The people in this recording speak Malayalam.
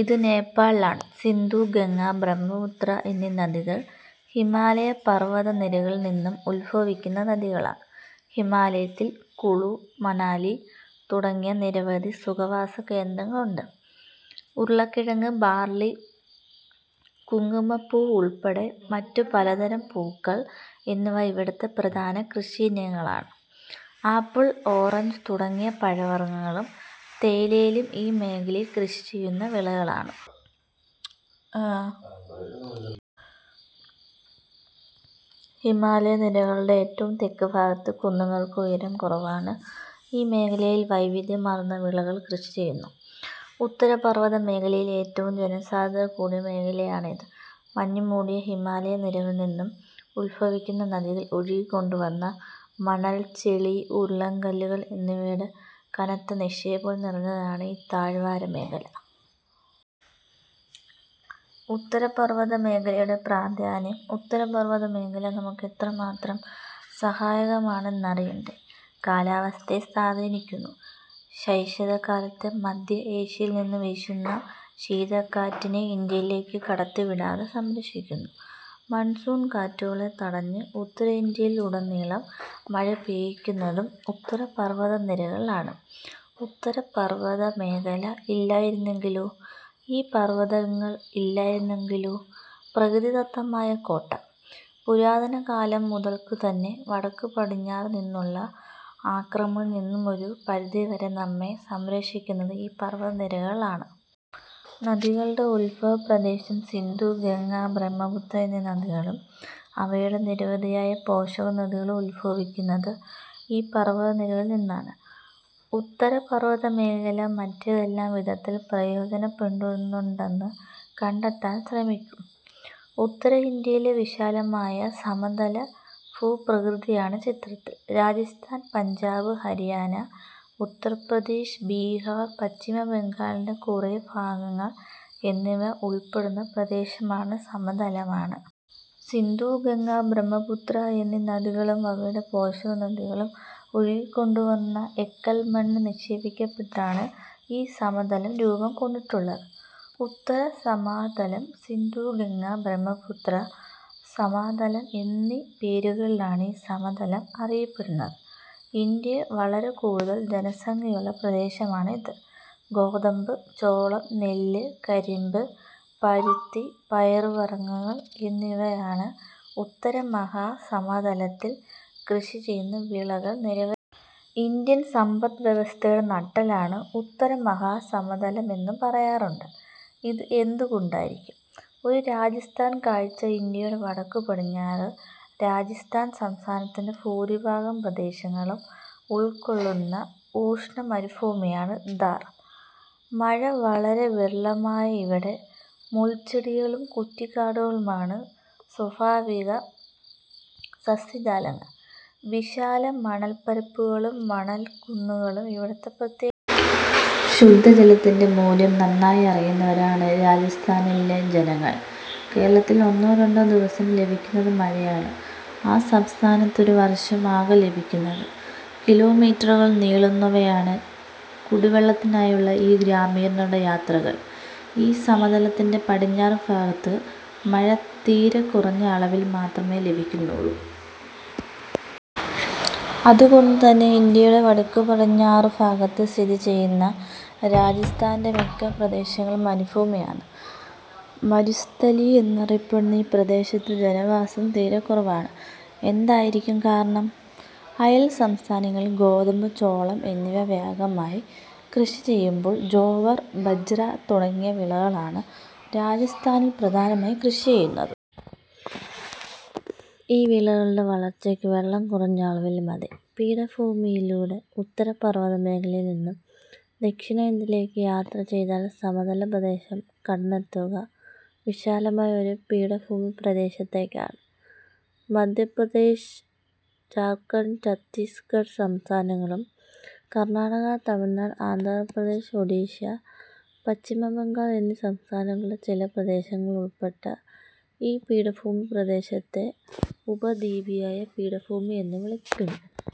ഇത് നേപ്പാളിലാണ്. സിന്ധു, ഗംഗ, ബ്രഹ്മപുത്ര എന്നീ നദികൾ ഹിമാലയ പർവ്വതനിരകളിൽ നിന്നും ഉത്ഭവിക്കുന്ന നദികളാണ്. ഹിമാലയത്തിൽ കുളു, മനാലി തുടങ്ങിയ നിരവധി സുഖവാസ കേന്ദ്രങ്ങളുണ്ട്. ഉരുളക്കിഴങ്ങ്, ബാർളി, കുങ്കുമപ്പൂവുൾപ്പെടെ മറ്റു പലതരം പൂക്കൾ എന്നിവ ഇവിടത്തെ പ്രധാന കൃഷിയിനങ്ങളാണ്. ആപ്പിൾ, ഓറഞ്ച് തുടങ്ങിയ പഴവർഗ്ഗങ്ങളും തേയിലയും ഈ മേഖലയിൽ കൃഷിചെയ്യുന്ന വിളകളാണ്. ഹിമാലയ നിരകളുടെ ഏറ്റവും തെക്കുഭാഗത്ത് കുന്നുകൾക്ക് ഉയരം കുറവാണ്. ഈ മേഖലയിൽ വൈവിധ്യമാർന്ന വിളകൾ കൃഷിചെയ്യുന്നു. ഉത്തരപർവ്വത മേഖലയിൽ ഏറ്റവും ജനസാന്ദ്രത കൂടിയ മേഖലയാണിത്. മഞ്ഞുമൂടിയ ഹിമാലയ നിരകളിൽനിന്നും ഉത്ഭവിക്കുന്ന നദികൾ ഒഴുക്കിക്കൊണ്ടുവന്ന മണൽ, ചെളി, ഉരുളൻ കല്ലുകൾ എന്നിവയുടെ കനത്ത നിക്ഷേപങ്ങൾ നിറഞ്ഞതാണ് ഈ താഴ്വാരമേഖല. ഉത്തരപർവതമേഖലയുടെ പ്രാധാന്യം ഉത്തരപർവതമേഖല നമുക്ക് എത്രമാത്രം സഹായകമാണെന്നറിയേണ്ടേ? കാലാവസ്ഥയെ സ്വാധീനിക്കുന്നു. ശൈത്യകാലത്ത് മധ്യ ഏഷ്യയിൽ നിന്നും വീശുന്ന ശീതക്കാറ്റിനെ ഇന്ത്യയിലേക്കു കടത്തിവിടാതെ സംരക്ഷിക്കുന്നു. മൺസൂൺ കാറ്റുകളെ തടഞ്ഞ് ഉത്തരേന്ത്യയിലുടനീളം മഴപെയ്യിക്കുന്നതും ഉത്തരപർവതനിരകളാണ്. ഉത്തരപർവതമേഖല ഇല്ലായിരുന്നെങ്കിലോ? ഈ പർവതങ്ങൾ ഇല്ലായിരുന്നെങ്കിലോ? പ്രകൃതിദത്തമായ കോട്ട. പുരാതനകാലം മുതൽക്കുതന്നെ വടക്കുപടിഞ്ഞാറുനിന്നുള്ള ആക്രമണങ്ങളിൽ നിന്നും ഒരു പരിധിവരെ നമ്മെ സംരക്ഷിക്കുന്നത് ഈ പർവതനിരകളാണ്. നദികളുടെ ഉത്ഭവപ്രദേശം സിന്ധു, ഗംഗ, ബ്രഹ്മപുത്ര എന്നീ നദികളും അവയുടെ നിരവധിയായ പോഷകനദികളും ഉത്ഭവിക്കുന്നത് ഈ പർവതനിരകളിൽനിന്നാണ്. ഉത്തര പർവത മേഖല മറ്റേതെല്ലാം വിധത്തിൽ പ്രയോജനപ്പെടുന്നുണ്ടെന്ന് കണ്ടെത്താൻ ശ്രമിക്കു. ഉത്തരേന്ത്യയിലെ വിശാലമായ സമതലഭൂപ്രകൃതിയാണ് ചിത്രത്തിൽ. രാജസ്ഥാൻ, പഞ്ചാബ്, ഹരിയാന, ഉത്തർപ്രദേശ്, ബീഹാർ, പശ്ചിമബംഗാളിന്റെ കുറേ ഭാഗങ്ങൾ എന്നിവ ഉൾപ്പെടുന്ന പ്രദേശംമാണ് സമതലമാണ്. സിന്ധു, ഗംഗ, ബ്രഹ്മപുത്ര എന്നീ നദികളും അവയുടെ പോഷകനദികളും ഒഴുക്കിക്കൊണ്ടുവന്ന എക്കൽമണ്ണ് നിക്ഷേപിക്കപ്പെട്ടാണ് ഈ സമതലം രൂപം കൊണ്ടിട്ടുള്ളത്. ഉത്തര മഹാസമതലം, സിന്ധു-ഗംഗ-ബ്രഹ്മപുത്ര സമതലം എന്നീ പേരുകളിലാണ് ഈ സമതലം അറിയപ്പെടുന്നത്. ഇന്ത്യയിൽ വളരെക്കൂടുതൽ ജനസംഖ്യയുള്ള പ്രദേശമാണിത്. ഗോതമ്പ്, ചോളം, നെല്ല്, കരിമ്പ്, പരുത്തി, പയറുവർഗങ്ങൾ എന്നിങ്ങനെയാണ് ഉത്തരമഹാ സമതലത്തിൽ കൃഷിചെയ്യുന്ന വിളകൾ നിരവധിയാണ്. ഇന്ത്യൻ സമ്പദ് വ്യവസ്ഥയുടെ നട്ടെല്ലാണ് ഉത്തരമഹാസമതലം എന്നു പറയാറുണ്ട്. ഇത് എന്തുകൊണ്ടായിരിക്കാം? ഒരു രാജസ്ഥാൻ കാഴ്ച ഇന്ത്യയുടെ വടക്കുപടിഞ്ഞാറ് രാജസ്ഥാൻ സംസ്ഥാനത്തിന്റെ ഭൂരിഭാഗം പ്രദേശങ്ങളും ഉൾക്കൊള്ളുന്ന ഉഷ്ണമരുഭൂമിയാണ് ഥാർ. മഴ വളരെ വിരളമായ ഇവിടെ മുൾച്ചെടികളും കുറ്റി കാടുകളുമാണ് സ്വാഭാവിക സസ്യജാലങ്ങൾ. വിശാല മണൽപരപ്പുകളും മണൽക്കുന്നുകളും ഇവിടത്തെ പ്രത്യേകതയാണ്. ശുദ്ധജലത്തിന്റെ മൂല്യം നന്നായി അറിയുന്നവരാണ് രാജസ്ഥാനിലെ ജനങ്ങൾ. കേരളത്തിൽ ഒന്നോ രണ്ടോ ദിവസം ലഭിക്കുന്നത് മഴയാണ് ആ സംസ്ഥാനത്ത് ഒരു വർഷം ആകെ ലഭിക്കുന്നത്. കിലോ മീറ്ററുകൾ നീളുന്നവയാണ് കുടിവെള്ളത്തിനായുള്ള ഈ ഗ്രാമീണരുടെ യാത്രകൾ. ഈ സമതലത്തിന്റെ പടിഞ്ഞാറ് ഭാഗത്ത് മഴ തീരെക്കുറഞ്ഞ അളവിൽ മാത്രമേ ലഭിക്കുന്നുള്ളൂ. അതുകൊണ്ടുതന്നെ ഇന്ത്യയുടെ വടക്കുപടിഞ്ഞാറ് ഭാഗത്ത് സ്ഥിതി ചെയ്യുന്ന രാജസ്ഥാന്റെ മിക്ക പ്രദേശങ്ങളും മരുഭൂമിയാണ്. മരുസ്ഥലി എന്നറിയപ്പെടുന്ന ഈ പ്രദേശത്ത് ജനവാസം തീരെക്കുറവാണ്. എന്തായിരിക്കാം കാരണം? അയൽസംസ്ഥാനങ്ങളിൽ ഗോതമ്പ്, ചോളം എന്നിവ വ്യാപകമായി കൃഷി ചെയ്യുമ്പോൾ ജോവർ, ബജ്റ തുടങ്ങിയ വിളകളാണ് രാജസ്ഥാനിൽ പ്രധാനമായും കൃഷി ചെയ്യുന്നത്. ഈ വിളകളുടെ വളർച്ചയ്ക്ക് വെള്ളം കുറഞ്ഞ അളവിൽ മതി. പീഠഭൂമിയിലൂടെ ഉത്തരപർവ്വതമേഖലയിൽ നിന്നും ദക്ഷിണേന്ത്യയിലേക്ക് യാത്ര ചെയ്താൽ സമതല പ്രദേശം കടന്നെത്തുക വിശാലമായ ഒരു പീഠഭൂമിപ്രദേശത്തേക്കാണ്. മധ്യപ്രദേശ്, ഝാർഖണ്ഡ്, ഛത്തീസ് ഗഢ് സംസ്ഥാനങ്ങളും കർണാടക, തമിഴ്നാട്, ആന്ധ്രാപ്രദേശ്, ഒഡിഷ, പശ്ചിമബംഗാൾ എന്നീ സംസ്ഥാനങ്ങളുടെ ചില പ്രദേശങ്ങളും ഉൾപ്പെട്ട ഈ പീഠഭൂമി പ്രദേശത്തെ ഉപദ്വീപീയ പീഠഭൂമി എന്നു വിളിക്കുന്നു.